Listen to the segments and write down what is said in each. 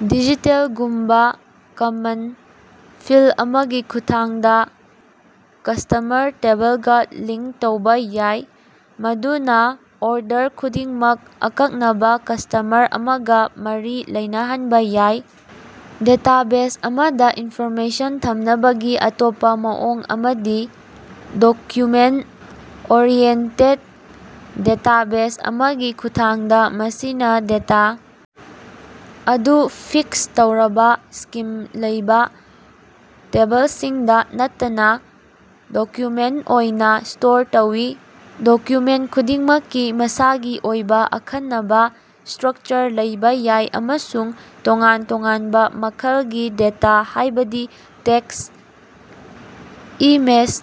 Digital ꯒꯨꯝꯕ common ꯐꯤꯜ ꯑꯃꯒꯤ ꯈꯨꯠꯊꯥꯡꯗ ꯀꯁꯇꯃꯔ ꯇꯦꯕꯜꯒ ꯂꯤꯡꯛ ꯇꯧꯕ ꯌꯥꯏ, ꯃꯗꯨꯅ ꯑꯣꯔꯗꯔ ꯈꯨꯗꯤꯡꯃꯛ ꯑꯀꯛꯅꯕ ꯀꯁꯇꯃꯔ ꯑꯃꯒ ꯃꯔꯤ ꯂꯩꯅꯍꯟꯕ ꯌꯥꯏ꯫ ꯗꯦꯇꯥꯕꯦꯖ ꯑꯃꯗ ꯏꯟꯐꯣꯔꯃꯦꯁꯟ ꯊꯝꯅꯕꯒꯤ ꯑꯇꯣꯞꯄ ꯃꯑꯣꯡ ꯑꯃꯗꯤ ꯗꯣꯀ꯭ꯌꯨꯃꯦꯟꯠ-ꯑꯣꯔꯤꯑꯦꯟꯇꯦꯠ ꯗꯦꯇꯥꯕꯦꯖ ꯑꯃꯒꯤ ꯈꯨꯠꯊꯥꯡꯗ, ꯃꯁꯤꯅ ꯗꯦꯇꯥ ꯑꯗꯨ ꯐꯤꯛꯁ ꯇꯧꯔꯕ ꯁ꯭ꯀꯤꯝ ꯂꯩꯕ ꯇꯦꯕꯜꯁꯤꯡꯗ ꯅꯠꯇꯅ ꯗꯣꯀ꯭ꯌꯨꯃꯦꯟꯠ ꯑꯣꯏꯅ ꯁ꯭ꯇꯣꯔ ꯇꯧꯏ꯫ ꯗꯣꯀ꯭ꯌꯨꯃꯦꯟꯠ ꯈꯨꯗꯤꯡꯃꯛꯀꯤ ꯃꯁꯥꯒꯤ ꯑꯣꯏꯕ ꯑꯈꯟꯅꯕ ꯁ꯭ꯇꯔꯛꯆꯔ ꯂꯩꯕ ꯌꯥꯏ ꯑꯃꯁꯨꯡ ꯇꯣꯉꯥꯟ-ꯇꯣꯉꯥꯟꯕ ꯃꯈꯜꯒꯤ ꯗꯦꯇꯥ, ꯍꯥꯏꯕꯗꯤ ꯇꯦꯛꯁ, ꯏꯃꯦꯖ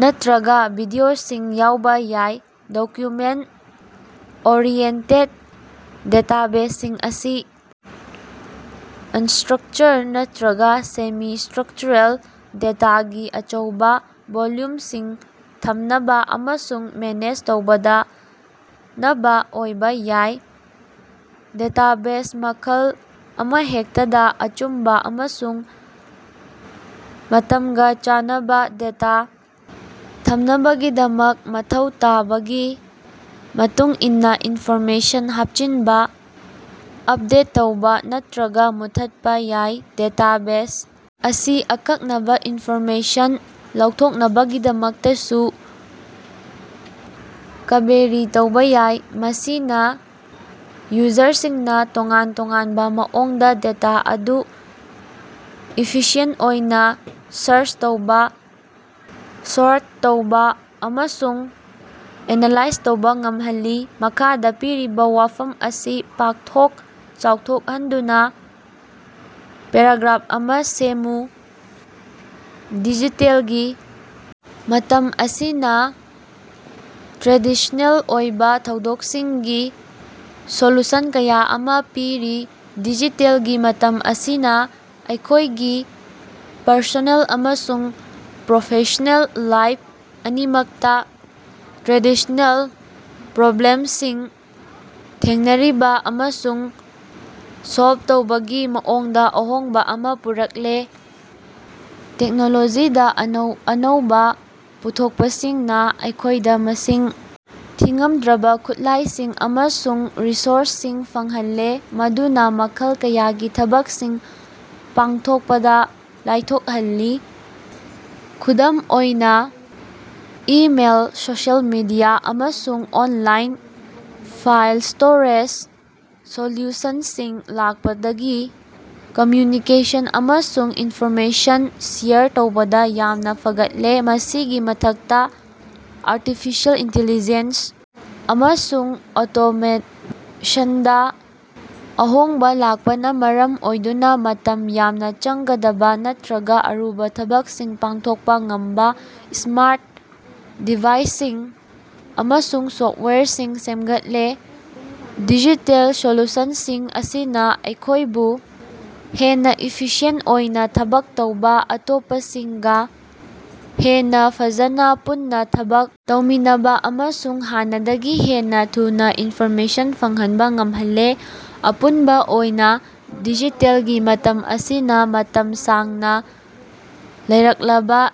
ꯅꯠꯇ꯭ꯔꯒ ꯚꯤꯗꯤꯑꯣꯁꯤꯡ ꯌꯥꯎꯕ ꯌꯥꯏ꯫ ꯗꯣꯀ꯭ꯌꯨꯃꯦꯟꯠ-ꯑꯣꯔꯤꯑꯦꯟꯇꯦꯠ ꯗꯦꯇꯥꯕꯦꯖꯁꯤꯡ ꯑꯁꯤ ꯑꯟꯁꯇ꯭ꯔꯛꯆꯔ ꯅꯠꯇ꯭ꯔꯒ ꯁꯦꯃꯤ-ꯁꯇ꯭ꯔꯛꯆꯔꯦꯜ ꯗꯦꯇꯥꯒꯤ ꯑꯆꯧꯕ ꯚꯣꯜꯌꯨꯝꯁꯤꯡ ꯊꯝꯅꯕ ꯑꯃꯁꯨꯡ ꯃꯦꯅꯦꯖ ꯇꯧꯕꯗ ꯀꯥꯟꯅꯕ ꯑꯣꯏꯕ ꯌꯥꯏ꯫ ꯗꯦꯇꯥꯕꯦꯖ ꯃꯈꯜ ꯑꯃꯍꯦꯛꯇꯗ ꯑꯆꯨꯝꯕ ꯑꯃꯁꯨꯡ ꯃꯇꯝꯒ ꯆꯥꯟꯅꯕ ꯗꯦꯇꯥ ꯊꯝꯅꯕꯒꯤꯗꯃꯛ ꯃꯊꯧ ꯇꯥꯕꯒꯤ ꯃꯇꯨꯡꯏꯟꯅ ꯏꯟꯐꯣꯔꯃꯦꯁꯟ ꯍꯥꯞꯆꯤꯟꯕ, ꯑꯞꯗꯦꯠ ꯇꯧꯕ ꯅꯠꯇ꯭ꯔꯒ ꯃꯨꯠꯊꯠꯄ ꯌꯥꯏ꯫ ꯗꯦꯇꯥꯕꯦꯖ ꯑꯁꯤ ꯑꯀꯛꯅꯕ ꯏꯟꯐꯣꯔꯃꯦꯁꯟ ꯂꯧꯊꯣꯛꯅꯕꯒꯤꯗꯃꯛꯇꯁꯨ ꯀꯕꯦꯔꯤ ꯇꯧꯕ ꯌꯥꯏ, ꯃꯁꯤꯅ ꯌꯨꯖꯔꯁꯤꯡꯅ ꯇꯣꯉꯥꯟ-ꯇꯣꯉꯥꯟꯕ ꯃꯑꯣꯡꯗ ꯗꯦꯇꯥ ꯑꯗꯨ ꯏꯐꯤꯁꯤꯑꯦꯟꯠ ꯑꯣꯏꯅ ꯁꯔꯆ ꯇꯧꯕ, ꯁꯣꯔꯠ ꯇꯧꯕ ꯑꯃꯁꯨꯡ ꯑꯦꯅꯂꯥꯏꯖ ꯇꯧꯕ ꯉꯝꯍꯜꯂꯤ꯫ ꯃꯈꯥꯗ ꯄꯤꯔꯤꯕ ꯋꯥꯐꯝ ꯑꯁꯤ ꯄꯥꯛꯊꯣꯛ ꯆꯥꯎꯊꯣꯛꯍꯟꯗꯨꯅ ꯄꯦꯔꯥꯒ꯭ꯔꯥꯐ ꯑꯃ ꯁꯦꯝꯃꯨ: ꯗꯤꯖꯤꯇꯦꯜꯒꯤ ꯃꯇꯝ ꯑꯁꯤꯅ ꯇ꯭ꯔꯦꯗꯤꯁ꯭ꯅꯦꯜ ꯑꯣꯏꯕ ꯊꯧꯗꯣꯛꯁꯤꯡꯒꯤ ꯁꯣꯂꯨꯁꯟ ꯀꯌꯥ ꯑꯃ ꯄꯤꯔꯤ꯫ ꯗꯤꯖꯤꯇꯦꯜꯒꯤ ꯃꯇꯝ ꯑꯁꯤꯅ ꯑꯩꯈꯣꯏꯒꯤ ꯄꯔꯁꯣꯅꯦꯜ ꯑꯃꯁꯨꯡ ꯄ꯭ꯔꯣꯐꯦꯁ꯭ꯅꯦꯜ ꯂꯥꯏꯐ ꯑꯅꯤꯃꯛꯇ ꯇ꯭ꯔꯦꯗꯤꯁ꯭ꯅꯦꯜ ꯄ꯭ꯔꯣꯕ꯭ꯂꯦꯝꯁꯤꯡ ꯊꯦꯡꯅꯔꯤꯕ ꯑꯃꯁꯨꯡ ꯁꯣꯜꯕ ꯇꯧꯕꯒꯤ ꯃꯑꯣꯡꯗ ꯑꯍꯣꯡꯕ ꯑꯃ ꯄꯨꯔꯛꯂꯦ꯫ ꯇꯦꯛꯅꯣꯂꯣꯖꯤꯗ ꯑꯅꯧ ꯑꯅꯧꯕ ꯄꯨꯊꯣꯛꯄꯁꯤꯡꯅ ꯑꯩꯈꯣꯏꯗ ꯃꯁꯤꯡ ꯊꯤꯉꯝꯗ꯭ꯔꯕ ꯈꯨꯠꯂꯥꯏꯁꯤꯡ ꯑꯃꯁꯨꯡ ꯔꯤꯁꯣꯔꯁꯁꯤꯡ ꯐꯪꯍꯜꯂꯦ ꯃꯗꯨꯅ ꯃꯈꯜ ꯀꯌꯥꯒꯤ ꯊꯕꯛꯁꯤꯡ ꯄꯥꯡꯊꯣꯛꯄꯗ ꯂꯥꯏꯊꯣꯛꯍꯜꯂꯤ꯫ ꯈꯨꯗꯝ ꯑꯣꯏꯅ ꯏꯃꯦꯏꯜ, ꯁꯣꯁꯤꯑꯦꯜ ꯃꯤꯗꯤꯌꯥ, ꯑꯃꯁꯨꯡ ꯑꯣꯟꯂꯥꯏꯟ ꯐꯥꯏꯜ ꯁ꯭ꯇꯣꯔꯦꯖ ꯁꯣꯜꯌꯨꯁꯟꯁꯤꯡ ꯂꯥꯛꯄꯗꯒꯤ ꯀꯝꯃ꯭ꯌꯨꯅꯤꯀꯦꯁꯟ ꯑꯃꯁꯨꯡ ꯏꯟꯐꯣꯔꯃꯦꯁꯟ ꯁꯦꯌꯔ ꯇꯧꯕꯗ ꯌꯥꯝꯅ ꯐꯒꯠꯂꯦ꯫ ꯃꯁꯤꯒꯤ ꯃꯊꯛꯇ ꯑꯥꯔꯇꯤꯐꯤꯁꯤꯑꯦꯜ ꯏꯟꯇꯤꯂꯤꯖꯦꯟꯁ ꯑꯃꯁꯨꯡ ꯑꯣꯇꯣꯃꯦꯁꯟꯗ ꯑꯍꯣꯡꯕ ꯂꯥꯛꯄꯅ ꯃꯔꯝ ꯑꯣꯏꯗꯨꯅ ꯃꯇꯝ ꯌꯥꯝꯅ ꯆꯪꯒꯗꯕ ꯅꯠꯇ꯭ꯔꯒ ꯑꯔꯨꯕ ꯊꯕꯛꯁꯤꯡ ꯄꯥꯡꯊꯣꯛꯄ ꯉꯝꯕ ꯁ꯭ꯃꯥꯔꯠ ꯗꯤꯚꯥꯏꯁꯁꯤꯡ ꯑꯃꯁꯨꯡ ꯁꯣꯐꯋꯦꯌꯔꯁꯤꯡ ꯁꯦꯝꯒꯠꯂꯦ꯫ ꯗꯤꯖꯤꯇꯦꯜ ꯁꯣꯂꯨꯁꯟꯁꯤꯡ ꯑꯁꯤꯅ ꯑꯩꯈꯣꯏꯕꯨ ꯍꯦꯟꯅ ꯏꯐꯤꯁꯤꯌꯦꯟꯠ ꯑꯣꯏꯅ ꯊꯕꯛ ꯇꯧꯕ, ꯑꯇꯣꯞꯄꯁꯤꯡꯒ ꯍꯦꯟꯅ ꯐꯖꯅ ꯄꯨꯟꯅ ꯊꯕꯛ ꯇꯧꯃꯤꯟꯅꯕ ꯑꯃꯁꯨꯡ ꯍꯥꯟꯅꯗꯒꯤ ꯍꯦꯟꯅ ꯊꯨꯅ ꯏꯟꯐꯣꯔꯃꯦꯁꯟ ꯐꯪꯍꯟꯕ ꯉꯝꯍꯜꯂꯦ꯫ ꯑꯄꯨꯟꯕ ꯑꯣꯏꯅ ꯗꯤꯖꯤꯇꯦꯜꯒꯤ ꯃꯇꯝ ꯑꯁꯤꯅ ꯃꯇꯝ ꯁꯥꯡꯅ ꯂꯩꯔꯛꯂꯕ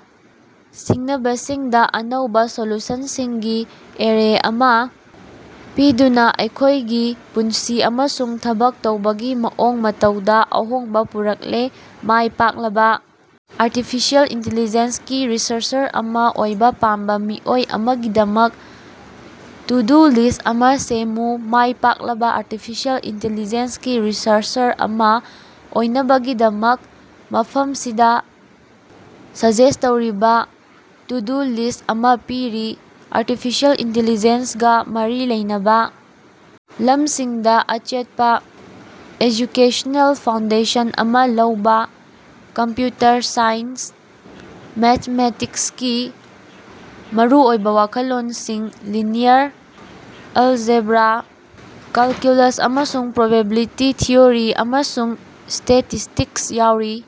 ꯁꯤꯡꯅꯕꯁꯤꯡꯗ ꯑꯅꯧꯕ ꯁꯣꯂꯨꯁꯟꯁꯤꯡꯒꯤ ꯑꯦꯔꯦ ꯑꯃꯥ ꯄꯤꯗꯨꯅ ꯑꯩꯈꯣꯏꯒꯤ ꯄꯨꯟꯁꯤ ꯑꯃꯁꯨꯡ ꯊꯕꯛ ꯇꯧꯕꯒꯤ ꯃꯑꯣꯡ ꯃꯇꯧꯗ ꯑꯍꯣꯡꯕ ꯄꯨꯔꯛꯂꯦ꯫ ꯃꯥꯏ ꯄꯥꯛꯂꯕ ꯑꯥꯔꯇꯤꯐꯤꯁꯦꯜ ꯏꯟꯇꯦꯂꯤꯖꯦꯟ ꯒꯤ ꯔꯤꯁꯔꯆꯔ ꯑꯃ ꯑꯣꯏꯕ ꯄꯥꯝꯕ ꯃꯤꯑꯣꯏ ꯑꯃꯒꯤꯗꯃꯛ ꯇꯨ-ꯗꯨ ꯂꯤꯁ꯭ꯠ ꯑꯃ ꯁꯦꯝꯃꯨ꯫ ꯃꯥꯏ ꯄꯥꯛꯂꯕ ꯑꯥꯔꯇꯤꯐꯤꯁꯦꯜ ꯏꯟꯇꯦꯂꯤꯖꯦꯟ ꯒꯤ ꯔꯤꯁꯔꯆꯔ ꯑꯃ ꯑꯣꯏꯅꯕꯒꯤꯗꯃꯛ, ꯃꯐꯝꯁꯤꯗ ꯁꯖꯦꯁ ꯇꯧꯔꯕ ꯇꯨ-ꯗꯨ ꯂꯤꯁ ꯑꯃ ꯄꯤꯔꯤ: ꯑꯥꯔꯇꯤꯐꯤꯁꯦꯜ ꯏꯟꯇꯦꯂꯤꯖꯦꯟ ꯒ ꯃꯔꯤ ꯂꯩꯅꯕ ꯂꯝꯁꯤꯡꯗ ꯑꯆꯦꯠꯄ ꯑꯦꯖꯨꯀꯦꯁꯅꯦꯜ ꯐꯥꯎꯟꯗꯦꯁꯟ ꯑꯃ ꯂꯧꯕ꯫ ꯀꯝꯞꯌꯨꯇꯔ ꯁꯥꯏꯟꯁ, ꯃꯦꯊꯃꯦꯇꯤꯛꯁꯀꯤ ꯃꯔꯨꯑꯣꯏꯕ ꯋꯥꯈꯜꯂꯣꯟꯁꯤꯡ (ꯂꯤꯅꯤꯌꯔ ꯑꯦꯖꯦꯕ꯭ꯔꯥ, ꯀꯦꯜꯀꯨꯂꯁ, ꯑꯃꯁꯨꯡ ꯄ꯭ꯔꯣꯕꯤꯕꯤꯂꯤꯇꯤ ꯊꯤꯑꯣꯔꯤ), ꯑꯃꯁꯨꯡ ꯁ꯭ꯇꯦꯇꯤꯁꯇꯤꯛꯁ ꯌꯥꯎꯔꯤ꯫